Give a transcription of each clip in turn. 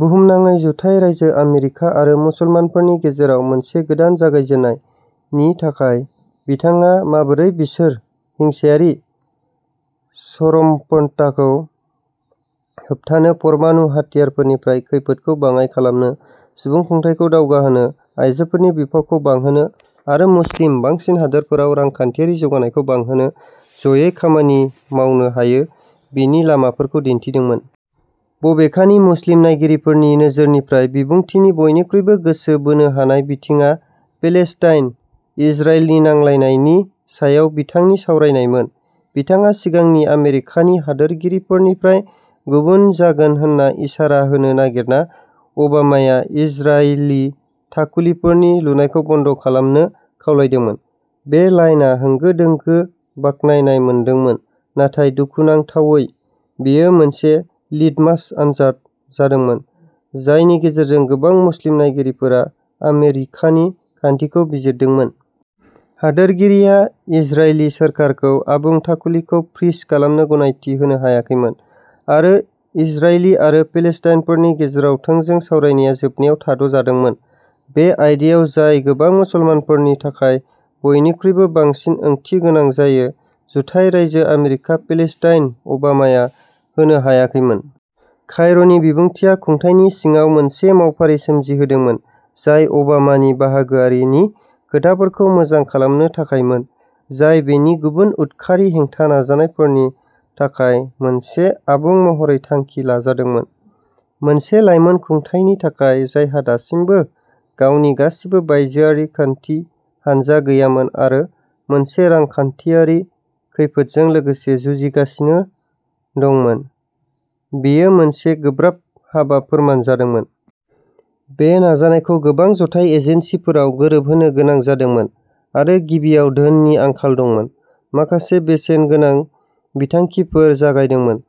बुहुमनाङै जुथाइ रायजो आमेरिका आरो मुसलमानफोरनि गेजेराव "मोनसे गोदान जागायजेन्नाय" नि थाखाय बिथाङा माबोरै बिसोर हिंसायारि चरमपन्थाखौ होबथानो परमाणु हाथियारफोरनिफ्राय खैफोदखौ बाङाइ खालामनो सुबुंखुंथाइखौ दावगाहोनो आयजोफोरनि बिफावखौ बांहोनो आरो मुस्लिम बांसिन हादोरफोराव रांखान्थियारि जौगानायखौ बांहोनो ज'यै खामानि मावनो हायोबेनि लामाफोरखौ दिन्थिदोंमोन। बबेखानि मुस्लिम नायगिरिफोरनि नोजोरनिफ्राय बिबुंथिनि बयनिख्रुइबो गोसो बोनो हानाय बिथिंआ पेलेस्टाइन इजराइलनि नांलायनायनि सायाव बिथांनि सावरायनायमोन। बिथाङा सिगांनि आमेरिकानि हादोरगिरिफोरनिफ्राय गुबुन जागोन होन्ना इसारा होनो नागिरना अबामाया इजरायली थाखुलिफोरनि लुनायखौ बन्द'खालामनो खावलायदोंमोन। बे लाइनआ होंगो-दोंगो बाखनायनाय मोनदोंमोन नाथाय दुखुनांथावै बेयो मोनसे लिटमास आनजाद जादोंमोन जायनि गेजेरजों गोबां मुस्लिम नायगिरिफोरा आमेरिकानि खान्थिखौ बिजिरदोंमोन। हादोरगिरिया इजरायली सोरखारखौ आबुं थाखुलिखौ फ्रीज खालामनो गनायथि होनो हायाखैमोन आरो इजरायली आरो पेलेस्टाइनफोरनि गेजेराव थोंजों सावरायनाया जोबनायाव थाद'जादोंमोन। बे आयदायाव जाय गोबां मुसलमानफोरनि थाखाय बयनिख्रुइबो बांसिन ओंथि गोनां जायो जुथाइ रायजो आमेरिका पेलेस्टाइन अबामाया होनो हायाखैमोन। कायर'नि बिबुंथिया खुंथायनि सिङाव मोनसे मावफारि सोमजिहोदोंमोन जाय अबामानि बाहागोआरिनि खोथाफोरखौ मोजां खालामनो थाखायमोन जाय बेनि गुबुन उदखारि हेंथा नाजानायफोरनि थाखाय मोनसे आबुं महरै थांखि लाजादोंमोन। मोनसे लाइमोन खुंथायनि थाखाय जायहा दासिमबो गावनि गासिबो बायजोआरि खान्थि हानजा गैयामोन आरो मोनसे रांखान्थियारि खैफोदजों लोगोसे जुजिगासिनो दंमोन बेयो मोनसे गोब्राब हाबा फोरमान जादोंमोन। बे नाजानायखौ गोबां जथाय एजेन्सिफोराव गोरोबहोनो गोनां जादोंमोन आरो गिबियाव धोननि आंखाल दंमोन। माखासे बेसेनगोनां बिथांखिफोर जागायदोंमोन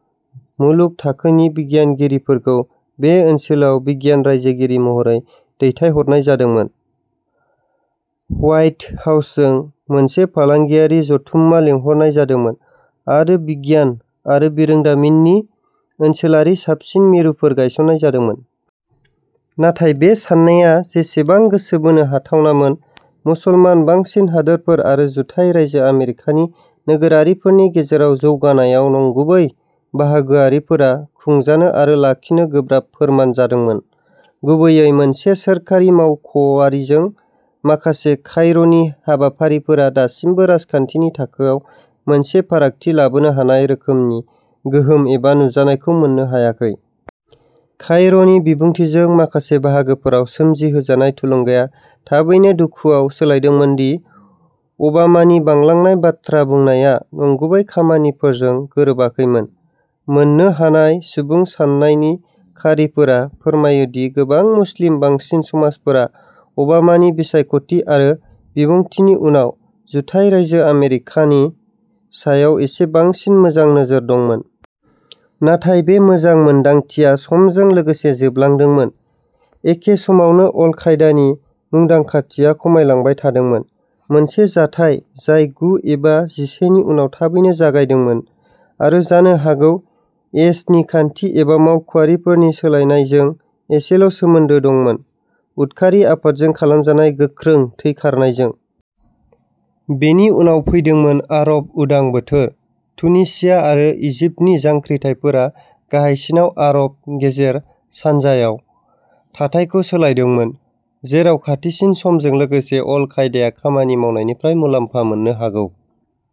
मुलुग थाखोनि बिगियानगिरिफोरखौ बे ओनसोलाव बिगियान रायजोगिरि महरै दैथायहरनाय जादोंमोन। ह्वाइट हाउसजों मोनसे फालांगियारि जथुम्मा लिंहरनाय जादोंमोन आरो बिगियान आरो बिरोंदामिननि ओनसोलारि साबसिन मिरुफोर गायसन्नाय जादोंमोन। नाथाय बे साननाया जेसेबां गोसो बोनो हाथावनामोन मुसलमान बांसिन हादोरफोर आरो जुथाइ रायजो आमेरिकानि नोगोरारिफोरनि गेजेराव जौगानायाव नंगुबै बाहागोआरिफोरा खुंजानो आरो लाखिनो गोब्राब फोरमान जादोंमोन गुबैयै मोनसे सोरखारि मावख'आरिजों। माखासे कायरोनि हाबाफारिफोरा दासिमबो राजखान्थिनि थाखोआव मोनसे फारागथि लाबोनो हानाय रोखोमनि गोहोम एबा नुजानायखौ मोननो हायाखै। कायरोनि बिबुंथिजों माखासे बाहागोफोराव सोमजिहोजानाय थुलुंगाया थाबैनो दुखुआव सोलायदोंमोन दि अबामानि बांलांनाय बाथ्रा बुंनाया नंगुबै खामानिफोरजों गोरोबाखैमोन। मोन्नो हानाय सुबुं सान्नायनि खारिफोरा फोरमायो दि गोबां मुस्लिम बांसिन समाजफोरा अबामानि बिसायख'थि आरो बिबुंथिनि उनाव जुथाइ रायजो आमेरिकानि सायाव एसे बांसिन मोजां नोजोर दंमोन। नाथाय बे मोजां मोन्दांथिया समजों लोगोसे जोबलांदोंमोन। एखे समावनो अल कायदानि मुंदांखाथिया खमायलांबाय थादोंमोन मोनसे जाथाय जाय गु एबा जिसे नि उनाव थाबैनो जागायदोंमोन आरो जानो हागौ एस. नि खान्थि एबा मावख'आरिफोरनि सोलायनायजों एसेल' सोमोन्दो दंमोन उदखारि आफादजों खालामजानाय गोख्रों थैखारनायजों। बेनि उनाव फैदोंमोन आरब उदां बोथोर। तुनिसिया आरो इजिप्टनि जांख्रिथायफोरा गाहायसिनाव आरब गेजेर सानजायाव थाथायखौ सोलायदोंमोन। जेराव खाथिसिन समजों लोगोसे अल कायदाया खामानि मावनायनिफ्राय मुलाम्फा मोननो हागौ।